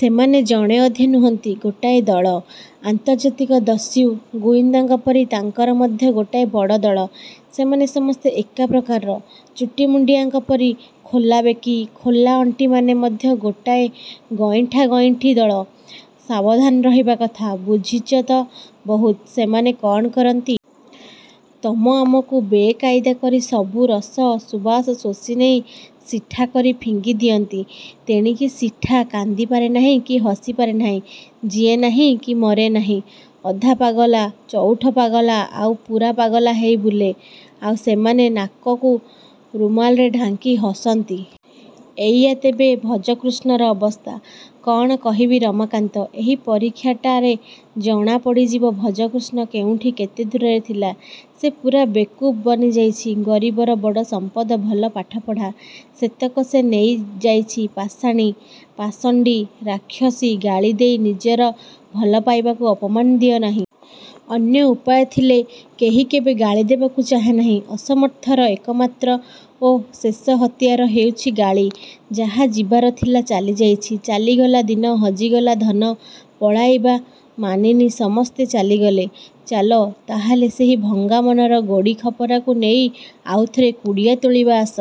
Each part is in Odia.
ସେମାନେ ଜଣେ ଅଧେ ନୁହଁନ୍ତି। ଗୋଟାଏ ଦଳ। ଆନ୍ତର୍ଜାତିକ ଦସ୍ୟୁ, ଗୁଇନ୍ଦାଙ୍କ ପରି ତାଙ୍କର ମଧ୍ୟ ଗୋଟାଏ ବଡ଼ ଦଳ। ସେମାନେ ସମସ୍ତେ ଏକା ପ୍ରକାରର-ଚୁଟି-ମୁଣ୍ଡିଆଙ୍କ ପରି ଖୋଲା-ବେକି, ଖୋଲା-ଅଣ୍ଟିମାନେ ମଧ୍ୟ ଗୋଟାଏ ଗଇଁଠା-ଗଇଁଠି ଦଳ। -ସାବଧାନ ରହିବା କଥା। -ବୁଝିଛ ତ ବହୁତ। ସେମାନେ କ'ଣ କରନ୍ତି? -ତମ ଆମକୁ ବେ-କାଇଦା କରି ସବୁ ରସ, ସୁବାସ ଶୋଷି ନେଇ ସିଠାକରି ଫିଙ୍ଗି ଦିଅନ୍ତି। ତେଣିକି ସିଠା କାନ୍ଦିପାରେ ନାହିଁ କି ହସି ପାରେ ନାହିଁ। ଜୀଏଁ ନାହିଁ କି ମରେ ନାହିଁ-। ଅଧା-ପାଗଲା, ଚଉଠ-ପାଗଲା ଆଉ ପୂରା-ପାଗଲା ହେଇ ବୁଲେ। ଆଉ ସେମାନେ ନାକକୁ ରୁମାଲରେ ଢାଙ୍କି ହସନ୍ତି। -ଏଇଆ ତେବେ ଭଜକୃଷ୍ଣର ଅବସ୍ଥା। -କ'ଣ କହିବି ରମାକାନ୍ତ। ଏହି ପରୀକ୍ଷାଟାରେ ଜଣା ପଡ଼ିଯିବ ଭଜକୃଷ୍ଣ କେଉଁଠି କେତେ ଦୂରରେ ଥିଲା। ସେ ପୂରା ବେକୁବ୍ ବନି ଯାଇଛି। ଗରିବର ବଡ଼ ସମ୍ପଦ ଭଲ ପାଠପଢ଼ା। ସେତକ ସେ ନେଇ ଯାଇଛି-ପାଷାଣୀ, ପାଷଣ୍ଡୀ, ରାକ୍ଷସୀ -ଗାଳି ଦେଇ ନିଜର ଭଲ ପାଇବାକୁ ଅପମାନ ଦିଅ ନାହିଁ। -ଅନ୍ୟ ଉପାୟ ଥିଲେ କେହି କେବେ ଗାଳି ଦେବାକୁ ଚାହେଁ ନାହିଁ। ଅସମର୍ଥର ଏକମାତ୍ର ଓ ଶେଷ ହତିଆର ହେଉଛି-ଗାଳି। -ଯାହା ଯିବାର ଥିଲା ଚାଲି ଯାଇଛି। ଚାଲିଗଲା ଦିନ, ହଜିଗଲା ଧନ, ପଳାଇବା ମାନିନୀ-ସମସ୍ତେ ଚାଲିଗଲେ। ଚାଲ, ତାହେଲେ ସେହି ଭଙ୍ଗା ମନର ଗୋଡ଼ି ଖପରାକୁ ନେଇ ଆଉଥରେ କୁଡ଼ିଆ ତୋଳିବା ଆସ।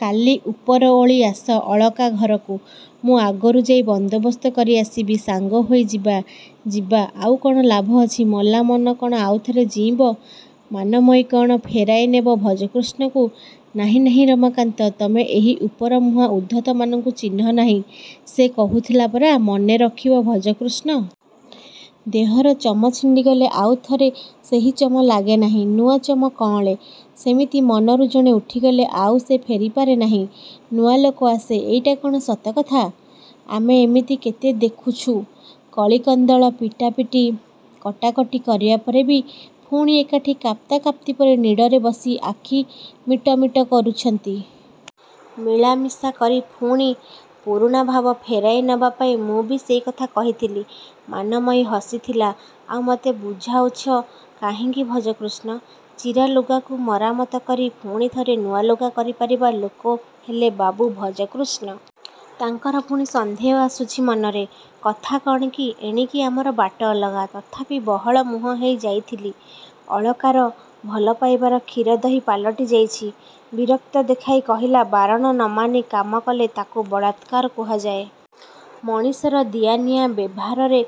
କାଲି ଉପର ଓଳି ଆସ ଅଳକା ଘରକୁ। ମୁଁ ଆଗରୁ ଯାଇ ବନ୍ଦୋବସ୍ତ କରି ଆସିବି-ସାଙ୍ଗ ହୋଇ ଯିବା। -ଯିବା? ଆଉ କ'ଣ ଲାଭ ଅଛି? ମଲା ମନ କ'ଣ ଆଉଥରେ ଜୀଇଁବ? ମାନମୟୀ କ'ଣ ଫେରାଇ ନେବ ଭଜକୃଷ୍ଣକୁ? -ନାହିଁ-ନାହିଁ-ରମାକାନ୍ତ। ତମେ ଏଇ ଉପର-ମୁହାଁ ଉଦ୍ଧତମାନଙ୍କୁ ଚିହ୍ନ ନାହିଁ ସେ କହୁଥିଲା ପରା -ମନେ ରଖିବ ଭଜକୃଷ୍ଣ। ଦେହର ଚମ ଛିଣ୍ଡିଗଲେ ଆଉ ଥରେ ସେହି ଚମ ଲାଗେ ନାହିଁ। ନୂଆ ଚମ କଅଁଳେ। ସେମିତି ମନରୁ ଜଣେ ଉଠିଗଲେ ଆଉ ସେ ଫେରିପାରେ ନାହିଁ। ନୂଆ ଲୋକ ଆସେ। -ଏଇଟା କ'ଣ ସତକଥା? ଆମେ ଏମିତି କେତେ ଦେଖୁଛୁ-କଳି କନ୍ଦଳ, ପିଟାପିଟି, କଟାକଟି କରିବା ପରେ ବି ପୁଣି ଏକାଠି କାପ୍ତା କାପ୍ତିପରି ନୀଡ଼ରେ ବସି ଆଖି ମିଟମିଟ କରୁଛନ୍ତି। -ମିଳାମିଶା କରି ପୁଣି ପୁରୁଣା ଭାବ ଫେରାଇ ନବା ପାଇଁ ମୁଁ ବି ସେଇକଥା କହିଥିଲି-। -ମାନମୟୀ ହସିଥିଲା। ଆଉ ମତେ ବୁଝାଉଛ କାହିଁକି ଭଜକୃଷ୍ଣ! ଚିରା ଲୁଗାକୁ ମରାମତ କରି ପୁଣି ଥରେ ନୂଆ ଲୁଗା କରି ପାରିବା ଲୋକ ହେଲେ ବାବୁ ଭଜକୃଷ୍ଣ। ତାଙ୍କର ପୁଣି ସନ୍ଦେହ ଆସୁଛି ମନରେ? କଥା କ'ଣ କି ଏଣିକି ଆମର ବାଟ ଅଲଗା। ତଥାପି ବହଳ ମୁହଁ ହେଇ ଯାଇଥିଲି। ଅଳକାର ଭଲପାଇବାର କ୍ଷୀର ଦହି ପାଲଟି ଯାଇଛି। ବିରକ୍ତ ଦେଖାଇ କହିଲା-ବାରଣ ନ ମାନି କାମ କଲେ ତା'କୁ ବଳାତ୍କାର କୁହାଯାଏ। ମଣିଷର ଦିଆ-ନିଆ ବେଭାରରେ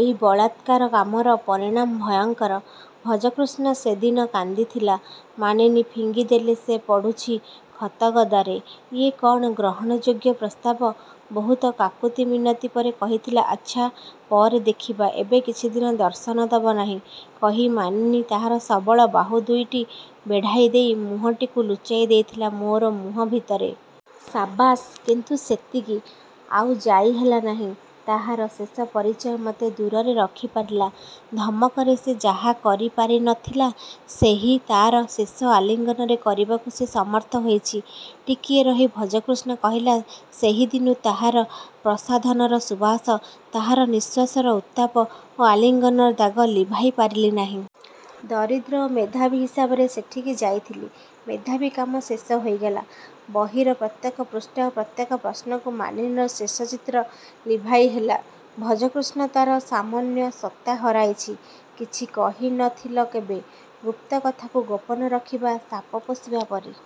ଏଇ ବଳାତ୍କାର କାମର ପରିଣାମ ଭୟଙ୍କର। -ଭଜକୃଷ୍ଣ ସେଦିନ କାନ୍ଦିଥିଲା। ମାନିନୀ ଫିଙ୍ଗି ଦେଲେ ସେ ପଡ଼ୁଛି ଖତଗଦାରେ। ଇଏ କ'ଣ ଗ୍ରହଣଯୋଗ୍ୟ ପ୍ରସ୍ତାବ? ବହୁତ କାକୁତିମିନତି ପରେ କହିଥିଲା-ଆଚ୍ଛା, ପରେ ଦେଖିବା ଏବେ କିଛିଦିନ ଦର୍ଶନ ଦବ ନାହିଁ। କହି ମାନିନୀ ତାହାର ସବଳ ବାହୁ ଦୁଇଟି ବେଢ଼ାଇ ଦେଇ ମୁହଁଟିକୁ ଲୁଚାଇ ଦେଇଥିଲା ମୋର ମୁହଁ ଭିତରେ। -ସାବାସ୍। -କିନ୍ତୁ ସେତିକି। ଆଉ ଯାଇ ହେଲା ନାହିଁ। ତାହାର ଶେଷ ପରିଚୟ ମତେ ଦୂରରେ ରଖି ପାରିଲା। ଧମକରେ ସେ ଯାହା କରି ପାରି ନ ଥିଲା ସେହି ତାର ଶେଷ ଆଲିଙ୍ଗନରେ କରିବାକୁ ସେ ସମର୍ଥ ହୋଇଛି। ଟିକିଏ ରହି ଭଜକୃଷ୍ଣ କହିଲା-ସେହିଦିନୁ ତାହାର ପ୍ରସାଧନର ସୁବାସ, ତାହାର ନିଶ୍ୱାସର ଉତ୍ତାପ ଓ ଆଲିଙ୍ଗନର ଦାଗ ଲିଭାଇ ପାରିଲି ନାହିଁ। ଦରିଦ୍ର ଓ ମେଧାବୀ ହିସାବରେ ସେଠିକି ଯାଇଥିଲି। ମେଧାବୀ କାମ ଶେଷ ହୋଇଗଲା। ବହିର ପ୍ରତ୍ୟେକ ପୃଷ୍ଠା ଓ ପ୍ରତ୍ୟେକ ପ୍ରଶ୍ନକୁ ମାନିନୀର ଶେଷ ଚିତ୍ର ଲିଭାଇ ହେଲା। ଭଜକୃଷ୍ଣ ତାହାର ସାମନ୍ୟ ସତ୍ତା ହରାଇଛି। -କିଛି କହି ନ ଥିଲ କେବେ। -ଗୁପ୍ତ କଥାକୁ ଗୋପନ ରଖିବା ସାପ ପୋଷିବା ପରି।